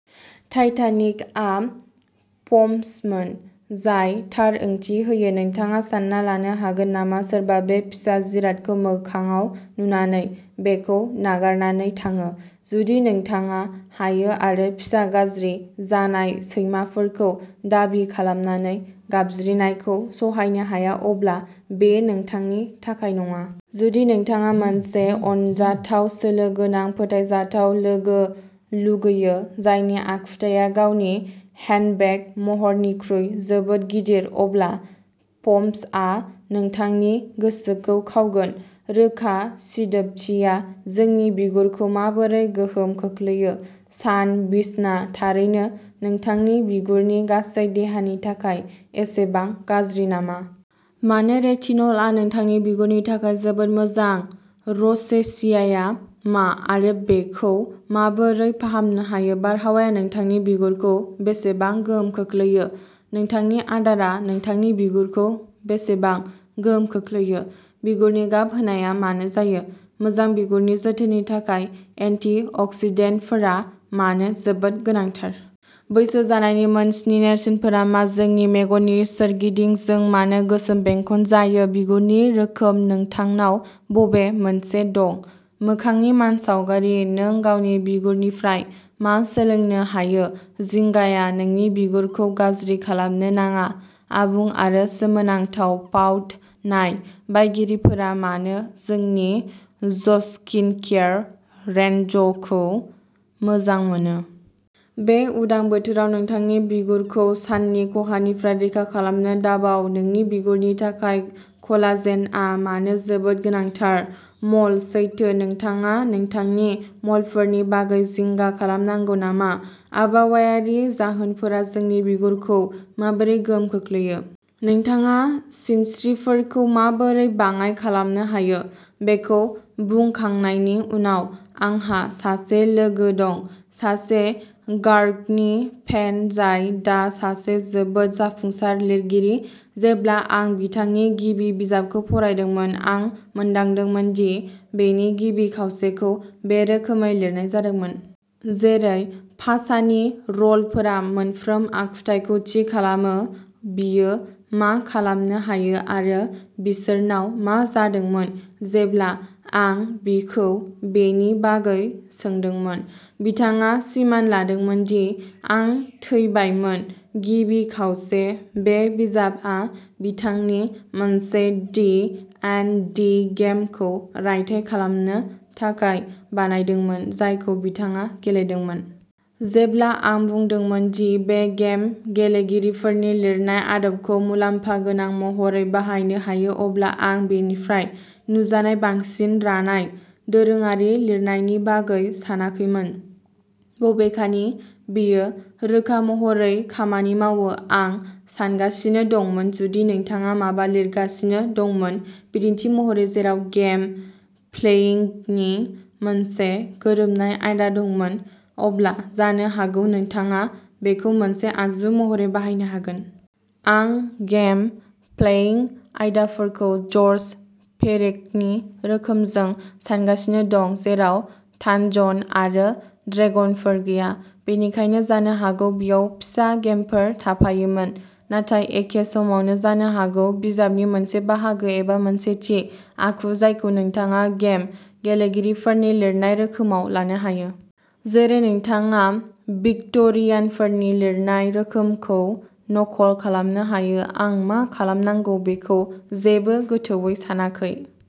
टाइटानिकआ पम्समोन। जाय थार ओंथि होयो। नोंथाङा सानना लानो हागोन नामा सोरबा बे फिसा जिरादखौ मोखांआव नुनानै बेखौ नागारनानै थाङो? जुदि नोंथाङा हायो आरो फिसा गाज्रि जानाय सैमाफोरखौ दाबि खालामनानै गाबज्रिनायखौ सहायनो हाया, अब्ला बे नोंथांनि थाखाय नङा। जुदि नोंथाङा मोनसे अनजाथाव, सोलो गोनां, फोथायजाथाव लोगो लुगैयो जायनि आखुथाया गावनि हेन्डबेग महरनिख्रुइ जोबोद गिदिर, अब्ला पम्सआ नोंथांनि गोसोखौ खावगोन। रोखा। सिदोबथिया जोंनि बिगुरखौ माबोरै गोहोम खोख्लैयो? सान बिसना थारैनो नोंथांनि बिगुरनि गासै देहानि थाखाय एसेबां गाज्रि नामा? मानो रेटिनलआ नोंथांनि बिगुरनि थाखाय जोबोद मोजां? र'सेसियाआ मा आरो बेखौ माबोरै फाहामनो हायो? बारहावाया नोंथांनि बिगुरखौ बेसेबां गोहोम खोख्लैयो? नोंथांनि आदारआ नोंथांनि बिगुरखौ बेसेबां गोहोम खोख्लैयो? बिगुरनि गाब होनाया मानो जायो? मोजां बिगुरनि जोथोननि थाखाय एन्टिअक्सिडेन्टफोरा मानो जोबोद गोनांथार? बैसो जानायनि मोनस्नि नेरसोनफोरा मा? जोंनि मेगननि सोरगिदिं जों मानो गोसोम बेंखन जायो? बिगुरनि रोखोम नोंथांनाव बबे मोनसे दं? मोखांनि मानसावगारि नों गावनि बिगुरनिफ्राय मा सोलोंनो हायो? जिंगाया नोंनि बिगुरखौ गाज्रि खालामनो नाङा आबुं आरो सोमोनांथाव पाउट नाय बायगिरिफोरा मानो जोंनि ज'स्किनकेयार रेन्जखौ मोजां मोनो? बे उदां बोथोराव नोंथांनि बिगुरखौ साननि खहानिफ्राय रैखा खालामनो दाबाव जोंनि बिगुरनि थाखाय कलाजेनआ मानो जोबोद गोनांथार? म'ल सैथो नोंथाङा नोंथांनि म'लफोरनि बागै जिंगा खालामनांगौ नामा? आबहावायारि जाहोनफोरा जोंनि बिगुरखौ माबोरै गोहोम खोख्लैयो? नोंथाङा सिनस्रिफोरखौ माबोरै बाङाय खालामनो हायो? बेखौ बुंखांनायनि उनाव, आंहा सासे लोगो दं, सासे गार्गनि फेन जाय दा सासे जोबोद जाफुंसार लिरगिरि। जेब्ला आं बिथांनि गिबि बिजाबखौ फरायदोंमोन, आं मोनदांदोंमोन दि बेनि गिबि खावसेखौ बे रोखोमै लिरनाय जादोंमोन। जेरै पासानि र'लफोरा मोनफ्रोम आखुथाइखौ थि खालामो, बियो मा खालामनो हायो आरो बिसोरनाव मा जादोंमोन। जेब्ला आं बिखौ बेनि बागै सोंदोंमोन, बिथाङा सिमान लादोंमोन दि आं थैबायमोन। गिबि खावसे बे बिजाबआ बिथांनि मोनसे डी एन्ड डी गेमखौ रायथाइ खालामनो थाखाय बानायदोंमोन, जायखौ बिथाङा गेलेदोंमोन। जेब्ला आं बुंदोंमोन दि बे गेम गेलेगिरिफोरनि लिरनाय आदबखौ मुलाम्फा गोनां महरै बाहायनो हायो, अब्ला आं बेनिफ्राय नुजानाय बांसिन रानाय, दोरोङारि लिरनायनि बागै सानाखैमोन। बबेखानि, बेयो रोखा महरै खामानि मावो। आं सानगासिनो दंमोन, जुदि नोंथाङा माबा लिरगासिनो दंमोन, बिदिन्थि महरै, जेराव गेम प्लेइंगनि मोनसे गोरोबनाय आयदा दंमोन, अब्ला जानो हागौ नोंथाङा बेखौ मोनसे आगजु महरै बाहायनो हागोन। आं गेम प्लेइंग आयदाफोरखौ जर्ज पेरेकनि रोखोमजों सानगासिनो दं, जेराव थानजन आरो ड्रेगनफोर गैया। बेनिखायनो जानो हागौ बेयाव फिसा गेमफोर थाफायोमोन। नाथाय एखे समावनो, जानो हागौ बिजाबनि मोनसे बाहागो, एबा मोनसे थि आखु, जायखौ नोंथाङा गेम गेलेगिरिफोरनि लिरनाय रोखोमाव लानो हायो। जेरै नोंथाङा भिक्ट'रियानफोरनि लिरनाय रोखोमखौ नकल खालामनो हायो। आं मा खालामनांगौ बेखौ जेबो गोथौवै सानाखै।